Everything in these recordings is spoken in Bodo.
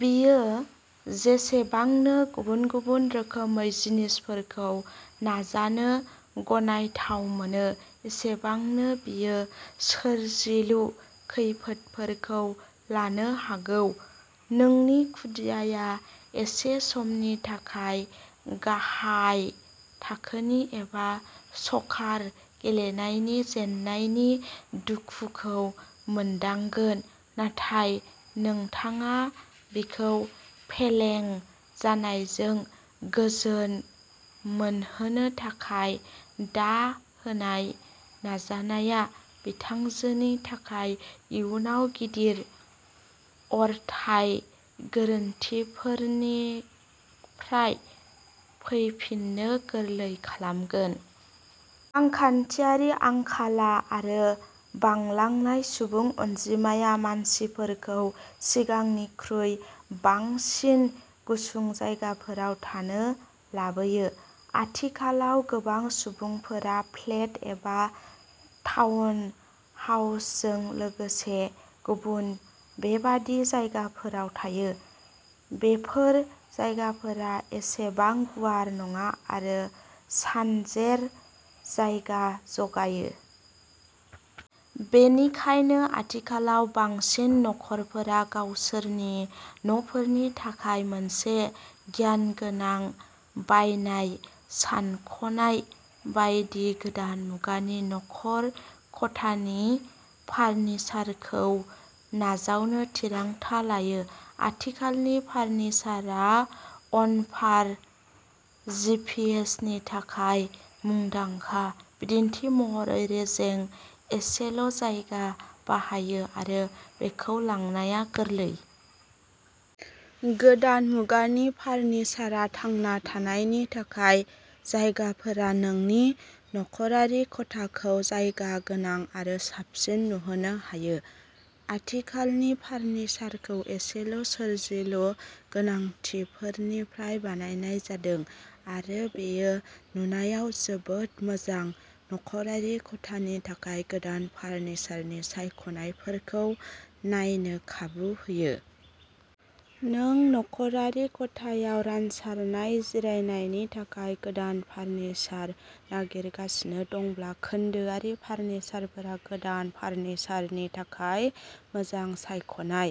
बियो जेसेबांनो गुबुन-गुबुन रोखोमै जिनिसफोरखौ नाजानो गनायथाव मोनो, एसेबांनो बियो सोरजिलु खैफोदफोरखौ लानो हागौ। नोंनि खुदियाया एसे समनि थाखाय गाहाय थाखोनि एबा सकार गेलेनायनि जेननायनि दुखुखौ मोनदांगोन, नाथाय नोंथाङा बिखौ फेलें जानायजों गोजोन मोनहोनो थाखाय दा होनाय नाजानाया बिथांजोनि थाखाय इयुनाव गिदिर अरथाय गोरोन्थिफोरनिफ्राय फैफिननो गोरलै खालामगोन। रांखान्थियारि आंखाला आरो बांलांनाय सुबुं अनजिमाया मानसिफोरखौ सिगांनिख्रुइ बांसिन गुसुं जायगाफोराव थानो लाबोयो। आथिखालाव गोबां सुबुंफोरा फ्लेट एबा टाउन हाउसजों लोगोसे गुबुन बेबादि जायगाफोराव थायो। बेफोर जायगाफोरा एसेबां गुवार नङा आरो सानजेर जायगा जगायो। बेनिखायनो आथिखालाव बांसिन नखरफोरा गावसोरनि नफोरनि थाखाय मोनसे गियानगोनां बायनाय सायख'नाय बायदि गोदान मुगानि नखर खथानि फार्निचारखौ नाजावनो थिरांथा लायो। आथिखालनि फार्निचारआ अनपार जिपिएसनि थाखाय मुंदांखा, बिदिन्थि महरै रेजें, एसेल' जायगा बाहायो आरो बेखौ लांनाया गोरलै। गोदान मुगानि फार्निचारआ थांना थानायनि थाखाय। जायगाफोरा नोंनि नखरारि खथाखौ जायगा गोनां आरो साबसिन नुहोनो हायो। आथिखालनि फार्निचारखौ एसेल' सोरजिलु गोनांथिफोरनिफ्राय बानायनाय जादों आरो बेयो नुनायाव जोबोद मोजां। नखरारि खथानि थाखाय गोदान फार्निचारनि सायख'नायफोरखौ नायनो खाबु होयो। नों नखरारि खथायाव रानसारनाय जिरायनायनि थाखाय गोदान फार्निचार नागिरगासिनो दंब्ला खोन्दोआरि फार्निचारफोरा गोदान फार्निचारनि थाखाय मोजां सायख'नाय।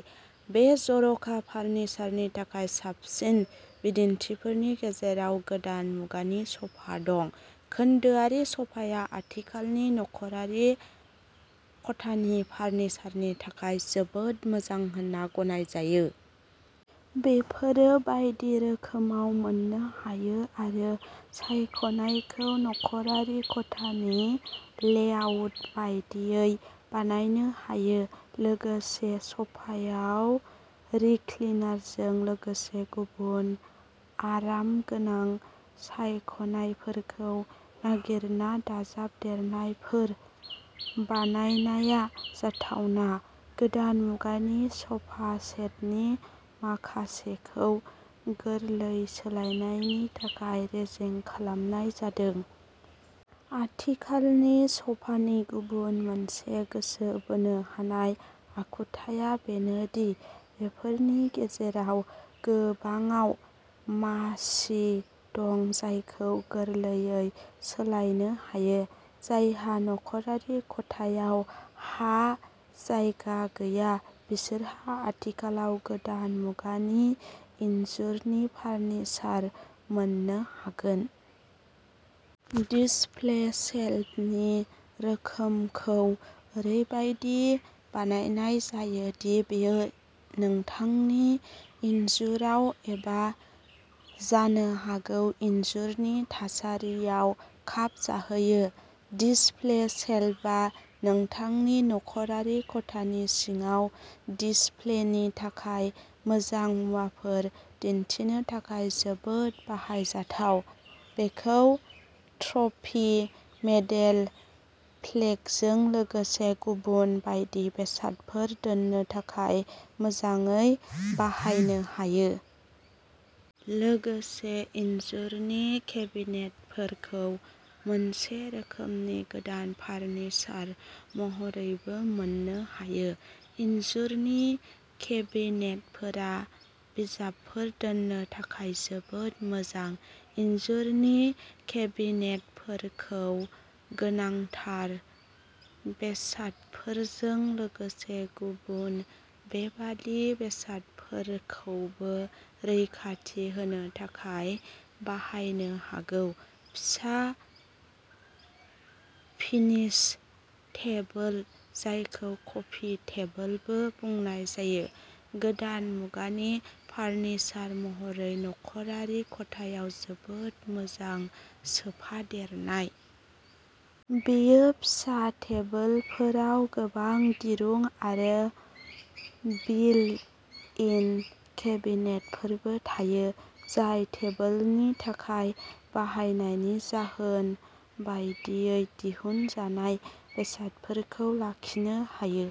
बे जर'खा फार्निचारनि थाखाय साबसिन बिदिन्थिफोरनि गेजेराव गोदान मुगानि सफा दं। खोन्दोआरि सफाया आथिखालनि नखरारि खथानि फार्निचारनि थाखाय जोबोद मोजां होनना गनायजायो। बेफोरो बायदि रोखोमाव मोननो हायो आरो सायख'नायखौ नखरारि खथानि लेआउट बायदियै बानायनो हायो। लोगोसे सफायाव रिक्लिनारजों लोगोसे गुबुन आरामगोनां सायख'नायफोरखौ नागिरना दाजाबदेरनायफोर बानायनाया जाथावना। गोदान मुगानि सफा सेटनि माखासेखौ गोरलै सोलायनायनि थाखाय रेजें खालामनाय जादों। आथिखालनि सफानि गुबुन मोनसे गोसो बोनो हानाय आखुथाया बेनो दि बेफोरनि गेजेराव गोबांआव मासि दं जायखौ गोरलैयै सोलायनो हायो। जायहा नख'रारि खथायाव हा जायगा गैया, बिसोरहा आथिखालाव गोदान मुगानि इनजुरनि फार्निचार मोननो हागोन। डिसप्ले शेल्फनि रोखोमखौ ओरैबायदि बानायनाय जायो दि बेयो नोंथांनि इनजुराव एबा जानो हागौ इनजुरनि थासारियाव खाबजाहोयो। डिसप्ले शेल्फआ नोंथांनि नख'रारि खथानि सिङाव डिसप्लेनि थाखाय मोजां मुवाफोर दिन्थिनो थाखाय जोबोद बाहायजाथाव। बेखौ ट्रफी, मेडेल, प्लेकजों लोगोसे गुबुन बायदि बेसादफोर दोननो थाखाय मोजाङै बाहायनो हायो। लोगोसे इनजुरनि केबिनेटफोरखौ मोनसे रोखोमनि गोदान फार्निचार महरैबो मोननो हायो। इनजुरनि केबिनेटफोरा बिजाबफोर दोननो थाखाय जोबोद मोजां। इनजुरनि केबिनेटफोरखौ गोनांथार बेसादफोरजों लोगोसे गुबुन बेबादि बेसादफोरखौबो रैखाथि होनो थाखाय बाहायनो हागौ। फिसा फिनिश टेबल जायखौ कफि टेबलबो बुंनाय जायो, गोदान मुगानि फार्निचार महरै नखरारि खथायाव जोबोद मोजां सोफादेरनाय। बे फिसा टेबोलफोराव गोबां दिरुं आरो बिल्ट-इन केबिनेटफोरबो थायो, जाय टेबोलनि थाखाय बाहायनायनि जाहोन बायदियै दिहुनजानाय बेसादफोरखौ लाखिनो हायो।